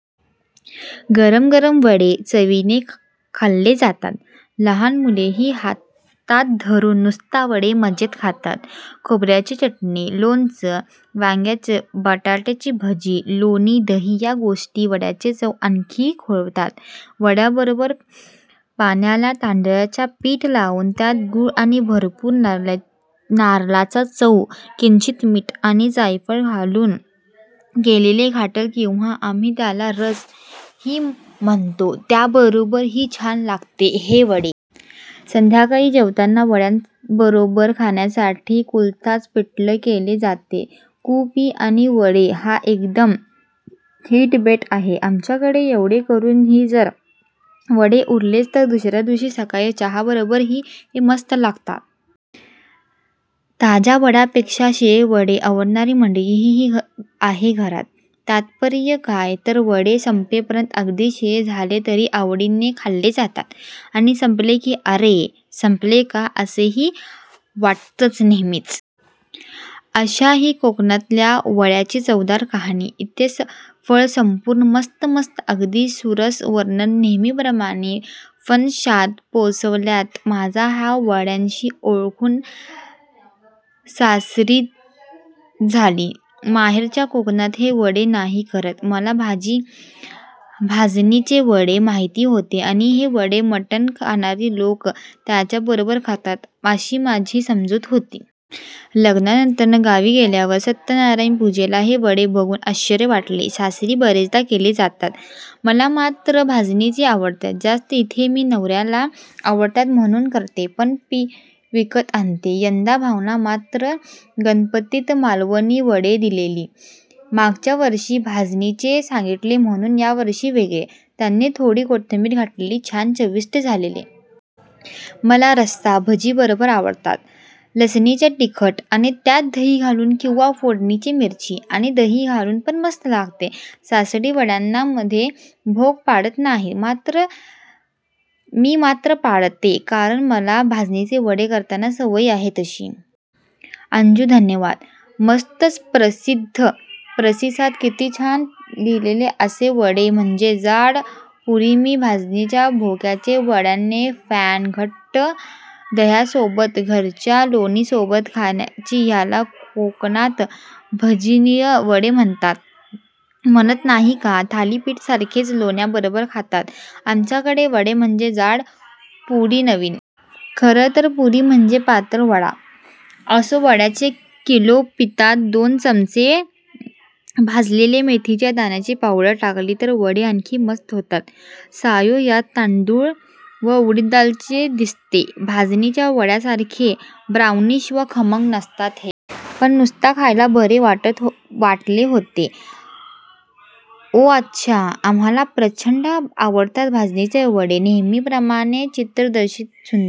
गरम गरम वडे चवीने खाल्ले जातात. लहान मुलं ही हातात धरून नुसता वडा मजेत खातात. खोबऱ्याची चटणी, लोणचं, वांग्या बटाट्याची भाजी, लोणी, दही ह्या गोष्टी वड्याची चव आणखी खुलवतात. वड्यांबरोबर पाण्याला तांदळाचं पीठ लावून त्यात गूळ आणि भरपूर नारळाचा चव, किंचित मीठ आणि जायफळ घालून केलेलं घाटलं किंवा आम्ही त्याला " रस " ही म्हणतो त्या बरोबर ही छान लागतात हे वडे. संध्याकाळी जेवताना वड्यांबरोबर खाण्यासाठी कुळथाच पिठलं केलं जातच. कु पी आणि वडे हा एकदम हिट बेत आहे आमच्याकडे. एवढं करून ही जर वडे उरलेच तर दुसऱ्या दिवशी सकाळी चहा बरोबर ही हे मस्तच लागतात. ताज्या वड्यांपेक्षा शिळे वडे आवडणारी मंडळी ही आहेत घरात. तात्पर्य काय तर वडे संपेपर्यंत अगदी शिळे झाले तरी आवडीने खाल्ले जातात. आणि संपले की " अरे रे! संपले का "? अस ही वाटतंच नेहमीच. अशी ही कोकणातल्या वड्यांची चवदार कहाणी इथे सफळ संपूर्ण. मस्त मस्त अगदी सुरस वर्णन नेहेमीप्रमाणे. फणशात पोचवलंत. माझी ह्या वड्यांशी ओळख सासरीच झाली, माहेरच्या कोकणात हे वडे नाही करत. मला भाजणीचे वडे माहिती होते आणि हे वडे मटण खाणारी लोकं त्याबरोबर खातात अशी माझी समजूत होती. लग्नानंतर गावी गेल्यावर सत्यनारायण पूजेला हे वडे बघून आश्चर्य वाटलं. सासरी बरेचदा केले जातात. मला मात्र भाजणीचे आवडतात जास्त. इथे मी नवऱ्याला आवडतात म्हणून करते पण पीठ विकत आणते. यंदा भावाने मात्र गणपतीत मालवणी वडे दिलेली, मागच्यावर्षी भाजणीचे सांगितले म्हणून यावर्षी वेगळे, त्यांनी थोडी कोथिंबीर घातलेली, छान चविष्ट झालेले. मला रस्सा भाजी बरोबर आवडतात, लसणीचे तिखट आणि त्यात दही घालून किंवा फोडणीची मिरची आणि दही घालून पण मस्त लागतात. सासरी वड्यांना मध्ये भोक पाडत नाहीत, मी मात्र पाडते कारण मला भाजणीचे वडे करताना सवय आहे तशी. अंजू, धन्यवाद! मस्तच प्रतिसाद, किती छान लिहिलं आहेस. वडा म्हणजे जाड पुरीमी भाजणीच्या भोकाच्या वड्यांची फॅन. घट्ट दह्यासोबत, घरच्या लोण्यासोबत खायचे. ह्याला कोकणात भाजणीचे वडे म्हणत नाहीत का? थालिपीठासारखेच लोण्याबरोबर खातात आमच्याकडे. वडा म्हणजे जाड पुरीनवीन, -. खरं तर पुरी म्हणजे पातळ वडा. असो, वड्याच्या किलो पिठात दोन चमचे भाजलेल्या मेथीच्या दाण्यांची पावडर टाकली तर वडे आणखी मस्त होतात. सायो, ह्यात तांदूळ व उडीद डाळच दिसतेय. भाजणीच्या वड्यासारखे ब्राऊनिश व खमंग नसतात हे. पण नुसते खायला बरे वाटले होते. ओह अच्छा. आम्हांला प्रचंडच आवडतात भाजणीचे वडे. नेहमीप्रमाणे चित्रदर्शी सुंदर